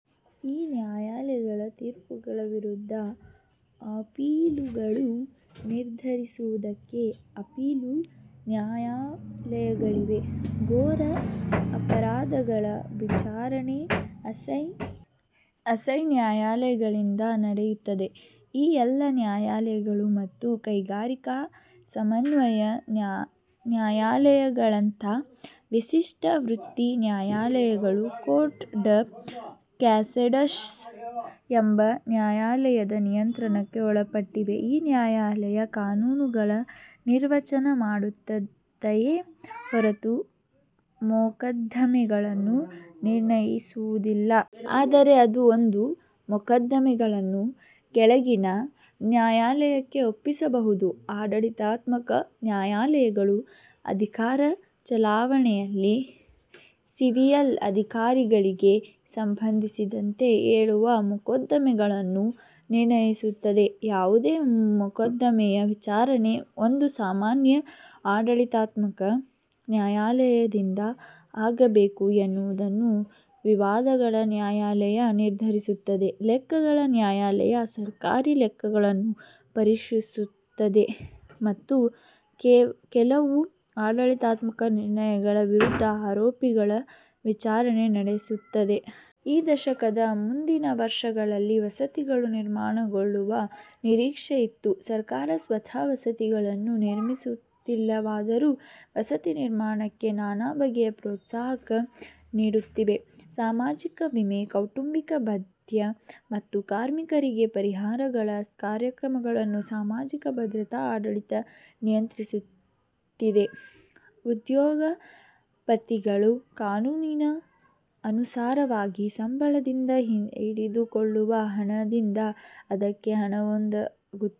ಈ ನ್ಯಾಯಾಲಯಗಳ ತೀರ್ಪುಗಳ ವಿರುದ್ಧ ಅಪೀಲುಗಳನ್ನು ನಿರ್ಧರಿಸುವುದಕ್ಕೆ ಅಪೀಲು ನ್ಯಾಯಾಲಯಗಳಿವೆ. ಘೋರ ಅಪರಾಧಗಳ ವಿಚಾರಣೆ ಅಸೈ ನ್ಯಾಯಾಲಯಗಳಿಂದ ನಡೆಯುತ್ತದೆ. ಈ ಎಲ್ಲ ನ್ಯಾಯಾಲಯಗಳು ಮತ್ತು ಕೈಗಾರಿಕಾ ಸಮನ್ವಯ ನ್ಯಾಯಲಯಗಳಂಥ ವಿಶಿಷ್ಟ ವೃತ್ತಿ ನ್ಯಾಯಾಲಯಗಳು ಕೋರ್ಟ್ ಡ ಕ್ಯಾಸೇಷನ್ ಎಂಬ ನ್ಯಾಯಾಲಯದ ನಿಯಂತ್ರಣಕ್ಕೆ ಒಳಪಟ್ಟಿವೆ. ಈ ನ್ಯಾಯಾಲಯ ಕಾನೂನುಗಳ ನಿರ್ವಚನ ಮಾಡುತ್ತದೆಯೇ ಹೊರತು ಮೊಕದ್ದಮೆಗಳನ್ನು ನಿರ್ಣಯಿಸುವುದಿಲ್ಲ. ಆದರೆ ಅದು ಒಂದು ಮೊಕದ್ದಮೆಯನ್ನು ಕೆಳಗಿನ ನ್ಯಾಯಾಲಯಕ್ಕೆ ಒಪ್ಪಿಸಬಹುದು. ಆಡಳಿತಾತ್ಮಕ ನ್ಯಾಯಾಲಯಗಳು ಅಧಿಕಾರ ಚಲಾವಣೆಯಲ್ಲಿ ಸಿವಿಲ್ ಅಧಿಕಾರಿಗಳಿಗೆ ಸಂಬಂಧಿಸಿದಂತೆ ಏಳುವ ಮೊಕದ್ದಮೆಗಳನ್ನು ನಿರ್ಣಯಿಸುತ್ತದೆ. ಯಾವುದೇ ಮೊಕದ್ದಮೆಯ ವಿಚಾರಣೆ ಒಂದು ಸಾಮಾನ್ಯ ಆಡಳಿತಾತ್ಮಕ ನ್ಯಾಯಾಲಯದಿಂದ ಆಗಬೇಕು ಎನ್ನುವುದನ್ನು ವಿವಾದಗಳ ನ್ಯಾಯಾಲಯ ನಿರ್ಧರಿಸುತ್ತದೆ. ಲೆಕ್ಕಗಳ ನ್ಯಾಯಾಲಯ ಸರ್ಕಾರಿ ಲೆಕ್ಕಗಳನ್ನು ಪರೀಕ್ಷಿಸುತ್ತದೆ ಮತ್ತು ಕೆಲವು ಆಡಳಿತಾತ್ಮಕ ನಿರ್ಣಯಗಳ ವಿರುದ್ಧ ಅಪೀಲುಗಳ ವಿಚಾರಣೆ ನಡೆಸುತ್ತದೆ. ಈ ದಶಕದ ಮುಂದಿನ ವರ್ಷಗಳಲ್ಲಿ ವಸತಿಗಳು ನಿರ್ಮಾಣಗೊಳ್ಳುವ ನಿರೀಕ್ಷೆಯಿತ್ತು. ಸರ್ಕಾರ ಸ್ವತಃ ವಸತಿಗಳನ್ನು ನಿರ್ಮಿಸುತ್ತಿಲ್ಲವಾದರೂ ವಸತಿ ನಿರ್ಮಾಣಕ್ಕೆ ನಾನಾ ಬಗೆಯ ಪ್ರೋತ್ಸಾಹ ನೀಡುತ್ತಿದೆ. ಸಾಮಾಜಿಕ ವಿಮೆ, ಕೌಟುಂಬಿಕ ಭತ್ಯೆ, ಮತ್ತು ಕಾರ್ಮಿಕರಿಗೆ ಪರಿಹಾರಗಳ ಕಾರ್ಯಕ್ರಮಗಳನ್ನು ಸಾಮಾಜಿಕ ಭಧ್ರತಾ ಆಡಳಿತ ನಿಯಂತ್ರಿಸುತ್ತಿದೆ. ಉದ್ಯೋಗಪತಿಗಳು ಕಾನೂನಿಗೆ ಅನುಸಾರವಾಗಿ ಸಂಬಳದಿಂದ ಹಿಡಿದುಕೊಳ್ಳುವ ಹಣದಿಂದ ಅದಕ್ಕೆ ಹಣವೊದಗುತ್ತದೆ.